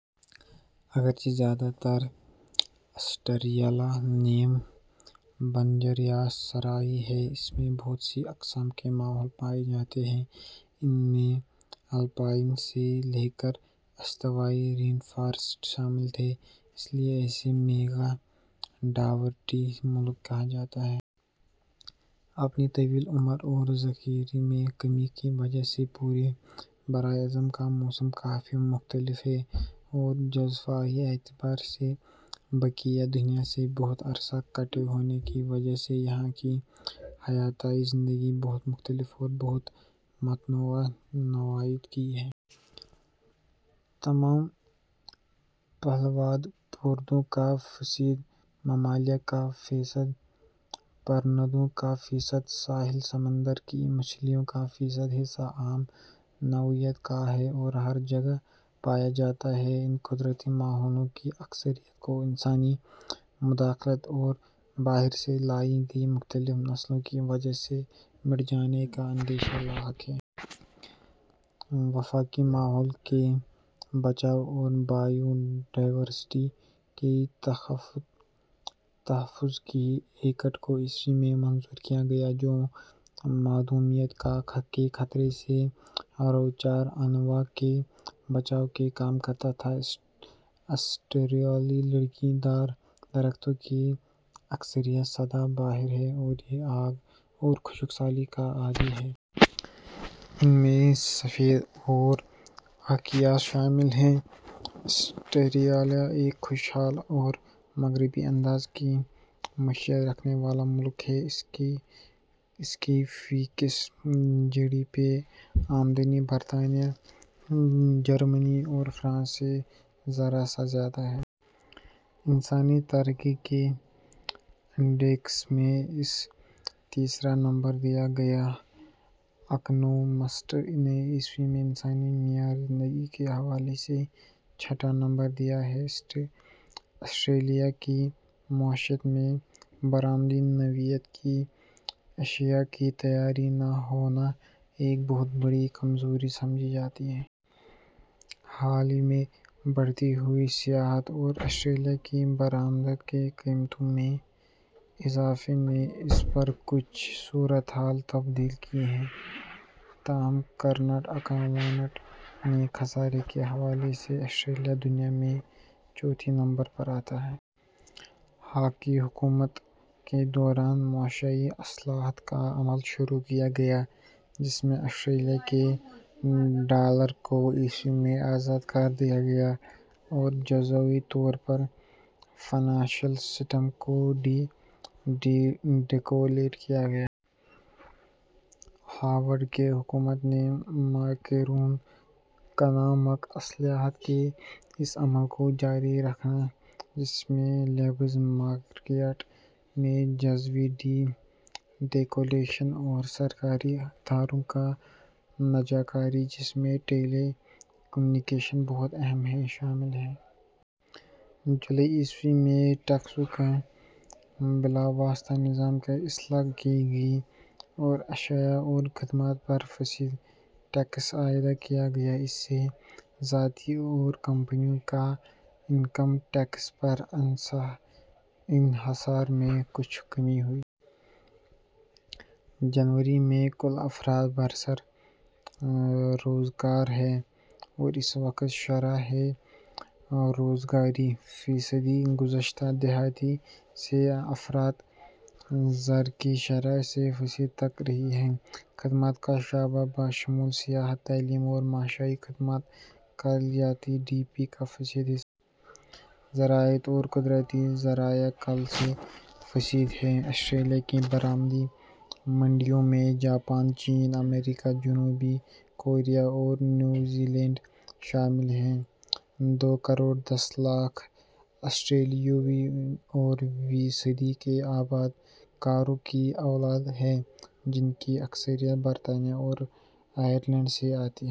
اگرچہ زیادہ تر آسٹریلیا نیم بنجر یا صحرائی ہے، اس میں بہت سی اقسام کے ماحول پائے جاتے ہیں۔ ان میں الپائن سے لے کر استوائی رین فارسٹ شامل ہیں۔ اس لیے اسے میگا ڈائورسٹی ملک کہا جاتا ہے۔ اپنی طویل عمر اور زرخیزی میں کمی کی وجہ سے پورے براعظم کا موسم کافی مختلف ہے اور جغرافیائی اعتبار سے بقیہ دنیا سے بہت عرصہ کٹے ہونے کی وجہ سے یہاں کی حیاتیاتی زندگی بہت مختلف اور بہت متنوع نوعیت کی ہے۔ تمام پھولدار پودوں کا فیصد، ممالیہ کا فیصد، پرندوں کا فیصد، ساحل سمندر کی مچھلیوں کا فیصد حصہ عام نوعیت کا ہے اور ہر جگہ پایا جاتا ہے۔ ان قدرتی ماحولوں کی اکثریت کو انسانی مداخلت اور باہر سے لائی گئی مختلف نسلوں کی وجہ سے مٹ جانے کا اندیشہ لاحق ہے۔ وفاقی ماحول کے بچاؤ اور بائیو ڈائورسٹی کے تحفظ کے ایکٹ کو ء میں منظور کیا گیا جو معدومیت کے خطرے سے دوچار انواع کے بچاؤ کا کام کرتا ہے۔ آسٹریلوی لکڑی دار درختوں کی اکثریت سدا بہار ہے اور یہ آگ اور خشک سالی کے عادی ہیں۔ ان میں سفیدہ اور آکاکیاس شامل ہیں۔ آسٹریلیا ایک خوش حال اور مغربی انداز کی معیشت رکھنے والا ملک ہے۔ اس کی فی کس جی ڈی پی آمدنی برطانیہ، جرمنی اور فرانس سے ذرا سا زیادہ ہے۔ انسانی ترقی کے انڈیکس میں اسے تیسرا نمبر دیا گیا ہے۔ اکانومسٹ نے ء میں انسانی معیار زندگی کے ھوالے سے چھٹا نمبر دیا ہے۔ آسٹریلیا کی معیشت میں برآمدی نوعیت کی اشیا کی تیاری نہ ہونا ایک بہت بڑی کمزوری سمجھی جاتی ہے۔ حال ہی میں بڑھتی ہوئی سیاحت اور آسٹریلیا کی برآمدات کی قیمتوں میں اضافے نے اس پر کچھ صورت حال تبدیل کی ہے۔ تاہم کرنٹ اکاؤنٹ کے خسارے کے حوالے سے آسٹریلیا دنیا میں چوتھے نمبر پر آتا ہے۔ ہاک کی حکومت کے دوران معاشی اصلاحات کا عمل شروع کیا گیا جس میں آسٹریلیا کے ڈالر کو ء میں آزاد کر دیا گیا اور جزوی طور پر فنانشل سسٹم کو ڈی ریگولیٹ کیا گیا۔ ہاورڈ کی حکومت نے مائیکرواکنامک اصلاحات کے اس عمل کو جاری رکھا جس میں لیبر مارکیٹ کی جزوی ڈی ریگولیشن اور سرکاری اداروں کی نجکاری، جس میں ٹیلی کمیونیکیشن بہت اہم ہے، شامل ہیں۔ جولائی ء میں ٹیکسوں کے بالواسطہ نظام کی اصلاح کی گئی اوراشیا اور خدمات پر فیصد ٹیکس عائد کیا گیا۔ اس سے ذاتی اور کمپنیوں کے انکم ٹیکس پر انحصار میں کچھ کمی ہوئی۔ جنوری میں کل افراد برسر روزگار ہیں اور اس وقت شرح بے روزگاری ٫ فیصدی ہے۔ گذشتہ دہائی سے افراط زر کی شرح سے فیصد تک رہی ہے۔ خدمات کا شعبہ بشمول سیاحت، تعلیم اور معاشی خدمات کل جی ڈی پی کا فیصد حصہ ہیں۔ زراعت اور قدرتی ذرائع کل سے فیصد ہیں۔ آسٹریلیا کی برآمدی منڈیوں میں جاپان، چین ، امریکا، جنوبی کوریا اور نیوزی لینڈ شامل ہیں۔ دو کروڑ دس لاکھ آسٹریلوی ویں اور ویں صدی کے آبادکاروں کی اولاد ہیں جن کی اکثریت برطانیہ اور آئرلینڈ سے آئی تھی۔